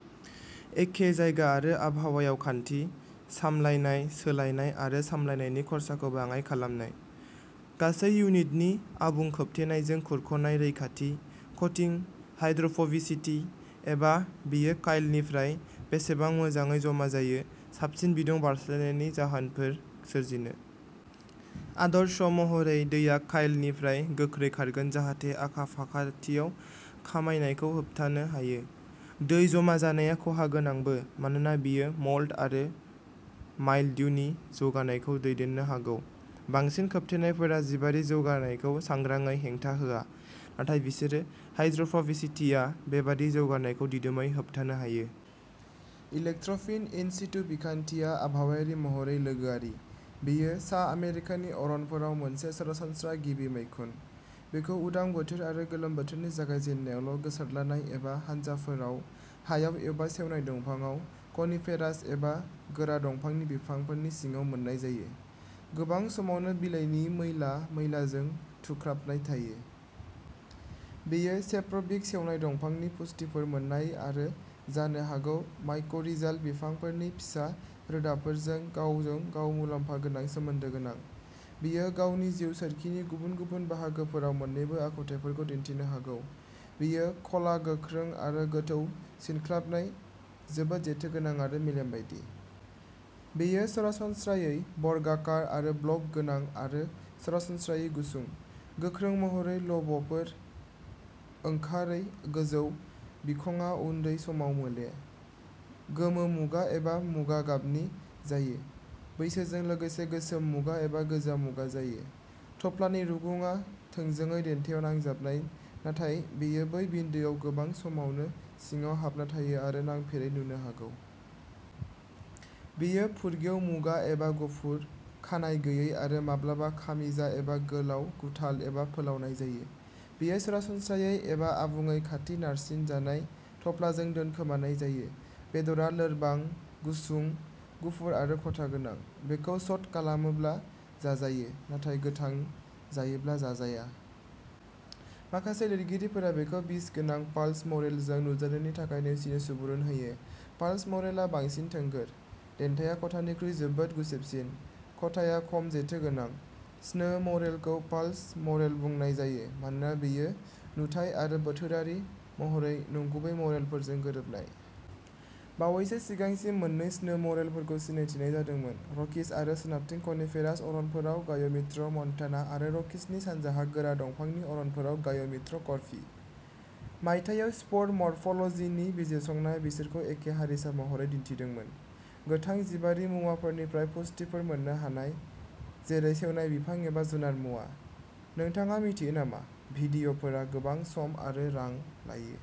एखे जायगा आरो आबहावायाव खान्थि। सामलायनाय, सोलायनाय आरो सामलायनायनि खरसाखौ बाङाइ खालामनाय। गासै इउनिट नि आबुं खोबथेनायजों खुरख'नाय रैखाथि। कटिंग हाइड्र'फ'बिसिटि, एबा बेयो काइलनिफ्राय बेसेबां मोजाङै जमा जायो, साबसिन बिदुं बारस्लायनायनि गोहोफोर सोरजिनो। आदर्श महरै, दैया काइलनिफ्राय गोख्रै खारगोन जाहाथे आखा फाखाथियाव खमायनायखौ होबथानो हायो। दै जमा जानाया खहागोनांबो मानोना बेयो मोल्ड आरो माइल्ड्युनि जौगानायखौ दैदेननो हागौ। बांसिन खोबथेनायफोरा जिबारि जौगानायखौ सांग्राङै हेंथा होआ, नाथाय बिसोरनि हाइड्र'फ'बिसिटिआ बेबादि जौगानायखौ दिदोमयै होबथानो हायो। इलेक्ट्र'फिन इन्सितु बिखान्थिया आबहावायारि महरै लोगोआरि। बेयो सा आमेरिकानि अरनफोराव मोनसे सरासनस्रा गिबि मैखुन। बेखौ उदां बोथोर आरो गोलोम बोथोरनि जागायजेन्नायावल', गोसारद्लानाय एबा हानजाफोराव, हायाव एबा सेवनाय दंफांआव, कनिफेरास एबा गोरा दंफांनि बिफांफोरनि सिङाव मोन्नाय जायो, गोबां समावनो बिलाइनि मैला मैलाजों थुख्राबनाय जायो। बेयो सेप्र'बिक, सेवनाय दंफांनिफ्राय पुष्टिफोर मोन्नाय, आरो जानो हागौ माइक'रिजाल, बिफांफोरनि फिसा रोदाफोरजों गावजों गाव मुलाम्फा गोनां सोमोन्दो गोनां। बेयो गावनि जिउ सोरखिनि गुबुन गुबुन बाहागोफोराव मोन्नैबो आखुथायफोरखौ दिनथिनो हागौ। बेयो ख'ला, गोख्रों आरो गोथौ सिनख्लाबनाय, जोबोद जेथोगोनां आरो मेलेम बायदि। बेयो सरासनस्रायै बर्गाकार आरो ब्लक गोनां आरो सरासनस्रायै गुसुं, गोख्रों महरै ल'बफोर ओंखारै। गोजौ बिखंआ उन्दै समाव मोले, गोमो मुगा एबा मुगा गाबनि जायो, बैसोजों लोगोसे गोसोम मुगा एबा गोजा मुगा जायो। थफ्लानि रुगुङा थोंजोङै देन्थायाव नांजाबनाय नाथाय बेयो बै बिन्दोआव गोबां समावनो सिङाव हाबना थायो आरो नांफेरै नुनो हागौ। बेयो फुरगेव मुगा एबा गुफुर, खानाय गैयै आरो माब्लाबा खामिजा एबा गोलाव गुथाल एबा फोलावनाय जायो। बेयो सरासनस्रायै एबा आबुङै खाथि नारसिनजानाय थफ्लाजों दोनखोमानाय जायो। बेदरआ लोरबां, गुसुं, गुफुर आरो खथा गोनां। बेखौ स'ट खालामोब्ला जाजायो, नाथाय गोथां जायोब्ला जाजाया। माखासे लिरगिरिफोरा बेखौ बिस गोनां फाल्स मरेल जों नुजानायनि थाखाय नेवसिनो सुबुरुन होयो। फाल्स मरेल आ बांसिन थोंगोर। देन्थाआ खथानिख्रुइ जोबोद गुसेबसिन। खथाया खम जेथोगोनां। स्नो मरेलखौ फाल्स मरेल बुंनाय जायो मानोना बेयो नुथाइ आरो बोथोरारि महरै नंगुबै मरेलफोरजों गोरोबनाय। बावैसो सिगांसिम, मोन्नै स्नो मरेलफोरखौ सिनायथिनाय जादोंमोन र'कीज आरो सोनाबथिं कनिफेरास अरनफोराव गाय'मित्र मन्टाना आरो र'कीजनि सानजाहा गोरा दंफांनि अरनफोराव गाय'मित्र करफी। मायथाइयाव स्पर मर्फ'लजिनि बिजिरसंनाया बिसोरखौ एखे हारिसा महरै दिन्थिदोंमोन। गोथां जिबारि मुवाफोरनिफ्राय पुष्टिफोर मोन्नो हानाय, जेरै सेवनाय बिफां एबा जुनार मुवा। नोंथाङा मिथियो नामा भिडिअ'फोरा गोबां सम आरो रां लायो।